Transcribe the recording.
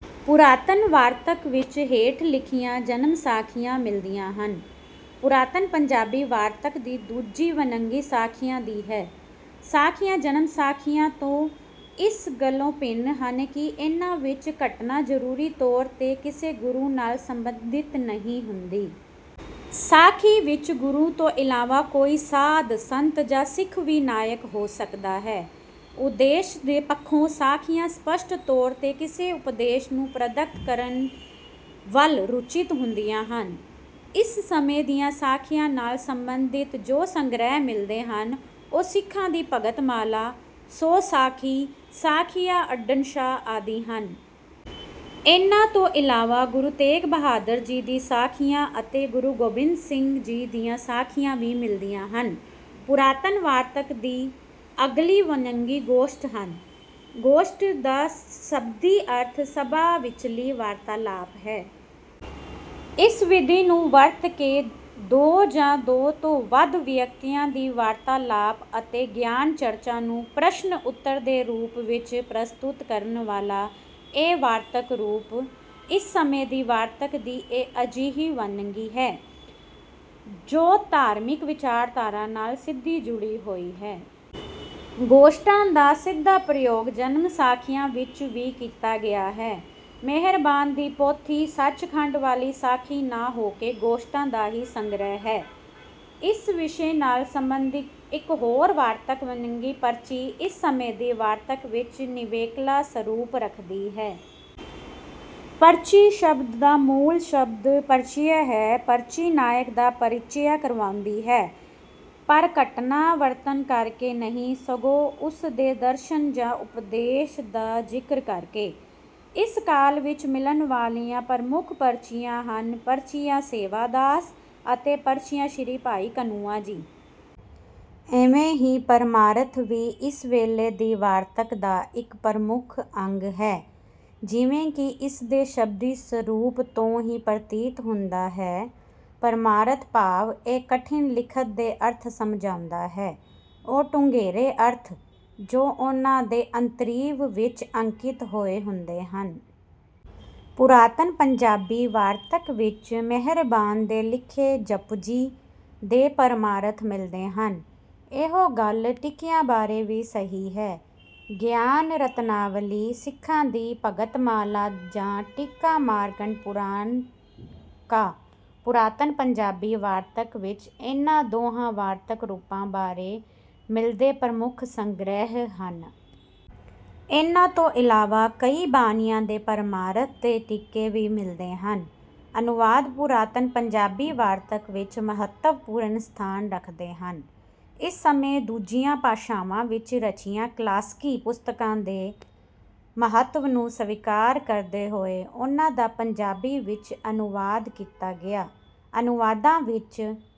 ਪੁਰਾਤਨ ਵਾਰਤਕ ਵਿੱਚ ਹੇਠ ਲਿਖੀਆਂ ਜਨਮਸਾਖੀਆਂ ਮਿਲਦੀਆਂ ਹਨ। ਪੁਰਾਤਨ ਪੰਜਾਬੀ ਵਾਰਤਕ ਦੀ ਦੂਜੀ ਵੰਨਗੀ ਸਾਖੀਆਂ ਦੀ ਹੈ। ਸਾਖੀਆਂ ਜਨਮਸਾਖੀਆਂ ਤੋਂ ਇਸ ਗੱਲੋਂ ਭਿੰਨ ਹਨ ਕਿ ਇਨ੍ਹਾਂ ਵਿੱਚ ਘਟਨਾ ਜ਼ਰੂਰੀ ਤੌਰ ’ਤੇ ਕਿਸੇ ਗੁਰੂ ਨਾਲ ਸੰਬੰਧਿਤ ਨਹੀਂ ਹੁੰਦੀ। ਸਾਖੀ ਵਿੱਚ ਗੁਰੂ ਤੋਂ ਇਲਾਵਾ ਕੋਈ ਸਾਧ, ਸੰਤ ਜਾਂ ਸਿੱਖ ਵੀ ਨਾਇਕ ਹੋ ਸਕਦਾ ਹੈ। ਉਦੇਸ਼ ਦੇ ਪੱਖੋਂ ਸਾਖੀਆਂ ਸਪੱਸ਼ਟ ਤੌਰ ’ਤੇ ਕਿਸੇ ਉਪਦੇਸ਼ ਨੂੰ ਪ੍ਰਪੱਕ ਕਰਨ ਵੱਲ ਰੁਚਿਤ ਹੁੰਦੀਆਂ ਹਨ। ਇਸ ਸਮੇਂ ਦੀਆਂ ਸਾਖੀਆਂ ਨਾਲ ਸੰਬੰਧਿਤ ਜੋ ਸੰਗ੍ਰਹਿ ਮਿਲਦੇ ਹਨ, ਉਹ ‘ਸਿੱਖਾਂ ਦੀ ਭਗਤਮਾਲਾ’, ‘ਸੌ ਸਾਖੀ’, ‘ਸਾਖੀਆਂ ਅੱਡਣ ਸ਼ਾਹ’ ਆਦਿ ਹਨ। ਇਨ੍ਹਾਂ ਤੋਂ ਇਲਾਵਾ ਗੁਰੂ ਤੇਗ ਬਹਾਦਰ ਜੀ ਦੀਆਂ ਸਾਖੀਆਂ ਅਤੇ ਗੁਰੂ ਗੋਬਿੰਦ ਸਿੰਘ ਜੀ ਦੀਆਂ ਸਾਖੀਆਂ ਵੀ ਮਿਲਦੀਆਂ ਹਨ। ਪੁਰਾਤਨ ਵਾਰਤਕ ਦੀ ਅਗਲੀ ਵੰਨਗੀ ਗੋਸ਼ਟਾਂ ਹਨ। ਗੋਸ਼ਟਿ ਦਾ ਸ਼ਬਦੀ ਅਰਥ “ਸਭਾ ਵਿਚਲੀ ਵਾਰਤਾਲਾਪ” ਹੈ। ਇਸ ਵਿਧੀ ਨੂੰ ਵਰਤ ਕੇ ਦੋ ਜਾਂ ਦੋ ਤੋਂ ਵੱਧ ਵਿਅਕਤੀਆਂ ਦੀ ਵਾਰਤਾਲਾਪ ਅਤੇ ਗਿਆਨ-ਚਰਚਾ ਨੂੰ ਪ੍ਰਸ਼ਨ-ਉੱਤਰ ਦੇ ਰੂਪ ਵਿੱਚ ਪ੍ਰਸਤੁਤ ਕਰਨ ਵਾਲਾ ਇਹ ਵਾਰਤਕ ਰੂਪ ਇਸ ਸਮੇਂ ਦੀ ਵਾਰਤਕ ਦੀ ਇੱਕ ਅਜਿਹੀ ਵੰਨਗੀ ਹੈ, ਜੋ ਧਾਰਮਿਕ ਵਿਚਾਰਧਾਰਾ ਨਾਲ ਸਿੱਧੀ ਜੁੜੀ ਹੋਈ ਹੈ। ਗੋਸ਼ਟਾਂ ਦਾ ਸਿੱਧਾ ਪ੍ਰਯੋਗ ਜਨਮਸਾਖੀਆਂ ਵਿੱਚ ਵੀ ਕੀਤਾ ਗਿਆ ਹੈ। ਮਿਹਰਬਾਨ ਦੀ ਪੋਥੀ ਸਚਖੰਡ ਵਾਲੀ ਸਾਖੀ ਨਾ ਹੋ ਕੇ ਗੋਸ਼ਟਾਂ ਦਾ ਹੀ ਸੰਗ੍ਰਹਿ ਹੈ। ਇਸ ਵਿਸ਼ੇ ਨਾਲ ਸੰਬੰਧਿਤ ਇੱਕ ਹੋਰ ਵਾਰਤਕ ਵੰਨਗੀ ਪਰਚੀ ਇਸ ਸਮੇਂ ਦੀ ਵਾਰਤਕ ਵਿੱਚ ਨਿਵੇਕਲਾ ਸਰੂਪ ਰੱਖਦੀ ਹੈ। ਪਰਚੀ ਸ਼ਬਦ ਦਾ ਮੂਲ ਸ਼ਬਦ ‘ਪਰਿਚਯ’ ਹੈ। ਪਰਚੀ ਨਾਇਕ ਦਾ ਪਰਿਚਯ ਕਰਵਾਉਂਦੀ ਹੈ, ਪਰ ਘਟਨਾ ਵਰਣਨ ਕਰਕੇ ਨਹੀਂ, ਸਗੋਂ ਉਸ ਦੇ ਦਰਸ਼ਨ ਜਾਂ ਉਪਦੇਸ਼ ਦਾ ਜ਼ਿਕਰ ਕਰਕੇ। ਇਸ ਕਾਲ ਵਿੱਚ ਮਿਲਣ ਵਾਲੀਆਂ ਪ੍ਰਮੁੱਖ ਪਰਚੀਆਂ ਹਨ—‘ਪਰਚੀਆਂ ਸੇਵਾ ਦਾਸ’ ਅਤੇ ‘ਪਰਚੀਆਂ ਸ੍ਰੀ ਭਾਈ ਕਨ੍ਹੱਯਾ ਜੀ’। ਇਵੇਂ ਹੀ ਪਰਮਾਰਥ ਵੀ ਇਸ ਵੇਲੇ ਦੀ ਵਾਰਤਕ ਦਾ ਇੱਕ ਪ੍ਰਮੁੱਖ ਅੰਗ ਹੈ। ਜਿਵੇਂ ਕਿ ਇਸ ਦੇ ਸ਼ਬਦੀ ਸਰੂਪ ਤੋਂ ਹੀ ਪ੍ਰਤੀਤ ਹੁੰਦਾ ਹੈ, ਪਰਮਾਰਥ ਭਾਵ ਇਹ ਕਠਿਨ ਲਿਖਤਾਂ ਦੇ ਅਰਥ ਸਮਝਾਉਂਦਾ ਹੈ; ਉਹ ਡੂੰਘੇਰੇ ਅਰਥ, ਜੋ ਉਨ੍ਹਾਂ ਦੇ ਅੰਤਰੀਵ ਵਿੱਚ ਅੰਕਿਤ ਹੋਏ ਹੁੰਦੇ ਹਨ। ਪੁਰਾਤਨ ਪੰਜਾਬੀ ਵਾਰਤਕ ਵਿੱਚ ਮਿਹਰਬਾਨ ਦੇ ਲਿਖੇ ਜਪੁਜੀ ਦੇ ਪਰਮਾਰਥ ਮਿਲਦੇ ਹਨ। ਇਹੋ ਗੱਲ ਟੀਕਿਆਂ ਬਾਰੇ ਵੀ ਸਹੀ ਹੈ। ‘ਗਿਆਨ ਰਤਨਾਵਲੀ’, ‘ਸਿੱਖਾਂ ਦੀ ਭਗਤਮਾਲਾ’ ਜਾਂ ‘ਟੀਕਾ ਮਾਰਤੰਡ ਪੁਰਾਣ ਕਾ’ ਪੁਰਾਤਨ ਪੰਜਾਬੀ ਵਾਰਤਕ ਵਿੱਚ ਇਨ੍ਹਾਂ ਦੋਹਾਂ ਵਾਰਤਕ-ਰੂਪਾਂ ਬਾਰੇ ਮਿਲਦੇ ਪ੍ਰਮੁੱਖ ਸੰਗ੍ਰਹਿ ਹਨ। ਇਨ੍ਹਾਂ ਤੋਂ ਇਲਾਵਾ ਕਈ ਬਾਣੀਆਂ ਦੇ ਪਰਮਾਰਥ ਤੇ ਟੀਕੇ ਵੀ ਮਿਲਦੇ ਹਨ। ਅਨੁਵਾਦ ਪੁਰਾਤਨ ਪੰਜਾਬੀ ਵਾਰਤਕ ਵਿੱਚ ਮਹੱਤਵਪੂਰਨ ਸਥਾਨ ਰੱਖਦੇ ਹਨ। ਇਸ ਸਮੇਂ ਦੂਜੀਆਂ ਭਾਸ਼ਾਵਾਂ ਵਿੱਚ ਰਚੀਆਂ ਕਲਾਸਕੀ ਪੁਸਤਕਾਂ ਦੇ ਮਹੱਤਵ ਨੂੰ ਸਵੀਕਾਰ ਕਰਦੇ ਹੋਏ ਉਨ੍ਹਾਂ ਦਾ ਪੰਜਾਬੀ ਵਿੱਚ ਅਨੁਵਾਦ ਕੀਤਾ ਗਿਆ। ਅਨੁਵਾਦਾਂ ਵਿੱਚ...